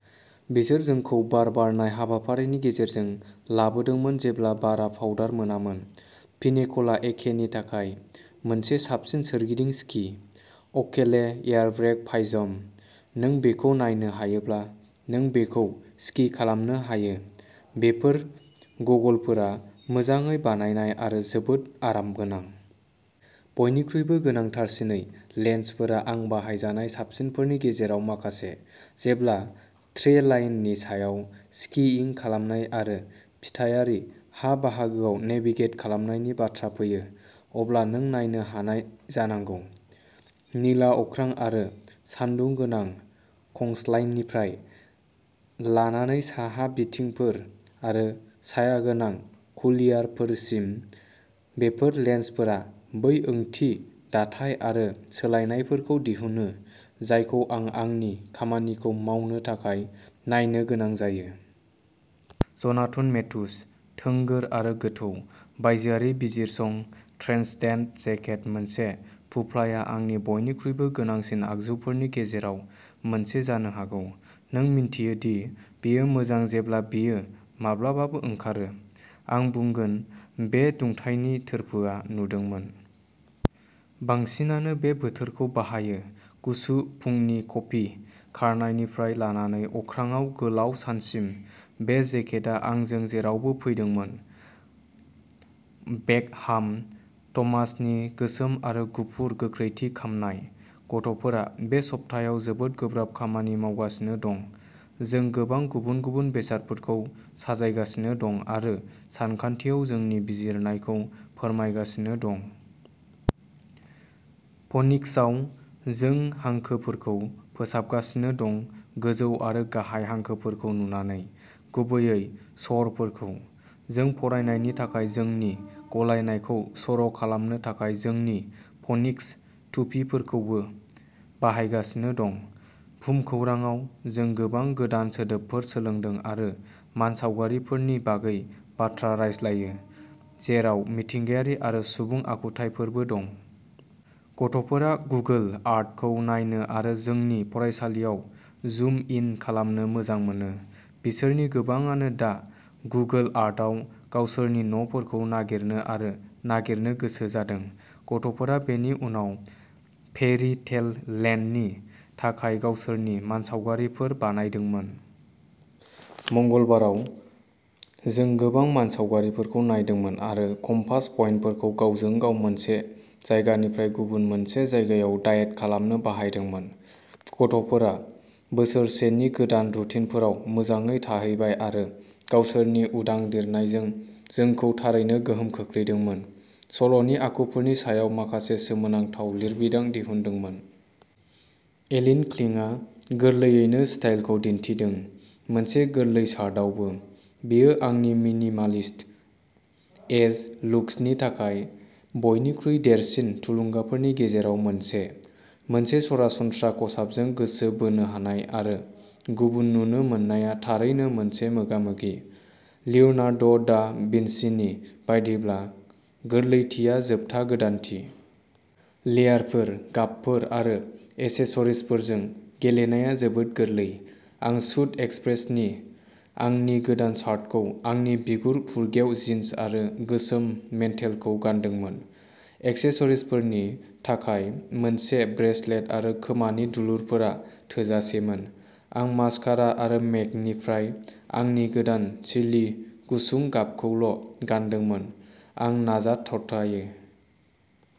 बिसोर जोंखौ बार बारनाय हाबाफारिनि गेजेरजों लाबोदोंमोन जेब्ला बारा पाउडार मोनामोन। पिनेकलआ एकेनि थाखाय मोनसे साबसिन सोरगिदिं स्कि। अकले एयारब्रेक प्राइजम-"नों बेखौ नायनो हायोब्ला नों बेखौ स्कि खालामनो हायो।" बेफोर गगलफोरा मोजाङै बानायनाय आरो जोबोद आरामगोनां। बयनिख्रुइबो गोनांथारसिनै लेन्सफोरा आं बाहायजानाय साबसिनफोरनि गेजेराव माखासे। जेब्ला ट्रेइलाइननि सायाव स्किइं खालामनाय आरो फिथायारि हा-बाहागोआव नेभिगेट खालामनायनि बाथ्रा फैयो, अब्ला नों नायनो हानाय जानांगौ। निला अख्रां आरो सान्दुं गोनां खंस्लायनिफ्राय लानानै साहा बिथिंफोर आरो सायागोनां कुलियारफोरसिम बेफोर लेन्सफोरा बै ओंथि, दाथाय आरो सोलायनायफोरखौ दिहुनो जायखौ आं आंनि खामानिखौ मावनो थाखाय नायनो गोनां जायो। Jonathan Matthews. थोंगोर आरो गोथौ। बायजोआरि बिजिरसं ट्रेन्सडेन्ट जेकेट-मोनसे फुफ्लाया आंनि बयनिख्रुइबो गोनांसिन आगजुफोरनि गेजेराव मोनसे जानो हागौ। नों मिन्थियो दि बेयो मोजां जेब्ला बेयो माब्लाबाबो ओंखारो। आं बुंगोन बे दुंथायनि थोरफोआ नुदोंमोन। बांसिनानो बे बोथोरखौ बाहायो। गुसु फुंनि कफि खारनायनिफ्राय लानानै अख्राङाव गोलाव सानसिम बे जेकेटआ आंजों जेरावबो फैदोंमोन। बेकहाम थमासनि गोसोम आरो गुफुर गोख्रैथि खामनाय। गथ'फोरा बे सप्तायाव जोबोद गोब्राब खामानि मावगासिनो दं। जों गोबां गुबुन-गुबुन बेसादफोरखौ साजायगासिनो दं आरो सानखान्थियाव जोंनि बिजिरनायखौ फोरमायगासिनो दं। फनिक्सआव, जों हांखोफोरखौ फोसाबगासिनो दं-गोजौ आरो गाहाय हांखोफोरखौ नुनानै, गुबैयै स्वरफोरखौ। जों फरायनायनि थाखाय जोंनि गलायनायखौ सर'खालामनो थाखाय जोंनि फनिक्स टुपिफोरखौबो बाहायगासिनो दं। भुमखौरांआव, जों गोबां गोदान सोदोबफोर सोलोंदों आरो मानसावगारिफोरनि बागै बाथ्रा रायज्लायो, जेराव मिथिंगायारि आरो सुबुं आखुथायफोरबो दं। गथ'फोरा गुगोल आर्थखौ नायनो आरो जोंनि फरायसालियाव जुम इन खालामनो मोजां मोनो। बिसोरनि गोबांआनो दा गुगोल आर्थआव गावसोरनि न'फोरखौ नागिरनो आरो नागिरनो गोसो जादों! गथ'फोरा बेनि उनाव फेयरी टेल लेन्डनि थाखाय गावसोरनि मानसावगारिफोर बानायदोंमोन। मंगलबाराव। जों गोबां मानसावगारिफोरखौ नायदोंमोन आरो कम्पास पइन्टफोरखौ गावजों-गाव मोनसे जायगानिफ्राय गुबुन मोनसे जायगायाव डायेट खालामनो बाहायदोंमोन। गथ'फोरा बोसोर से नि गोदान रुटिनफोराव मोजाङै थाहैबाय आरो गावसोरनि उदां लिरनायजों जोंखौ थारैनो गोहोम खोख्लैदोंमोन, सल'नि आखुफोरनि सायाव माखासे सोमोनांथाव लिरबिदां दिहुनदोंमोन। एलिन क्लिंगआ गोरलैयैनो स्टाइलखौ दिन्थिदों, मोनसे गोरलै शार्टआवबो। बियो आंनि मिनिमालिस्ट एज लुक्सनि थाखाय बयनिख्रुइ देरसिन थुलुंगाफोरनि गेजेराव मोनसे। मोनसे सरासनस्रा खसाबजों गोसो बोनो हानाय आरो गुबुन नुनो मोननाया थारैनो मोनसे मोगामोगि। लिओनार्दो दा भिन्चिनि बायदिब्ला, गोरलैथिया जोबथा गोदानथि। लेयारफोर, गाबफोर आरो एक्सेसरिजफोरजों गेलेनाया जोबोद गोरलै। आं सुद एक्सप्रेसनि आंनि गोदान शार्टखौ, आंनि बिगुर फुरगेव जिन्स आरो गोसोम मेन्टेलखौ गानदोंमोन। एक्सेसरिजफोरनि थाखाय, मोनसे ब्रेसलेट आरो खोमानि दुलुरफोरा थोजासेमोन। आं मास्कारा आरो मेकनिफ्राय आंनि गोदान "चिलि" गुसुं गाबखौल'गानदोंमोन। आं नाजाथ'थायो।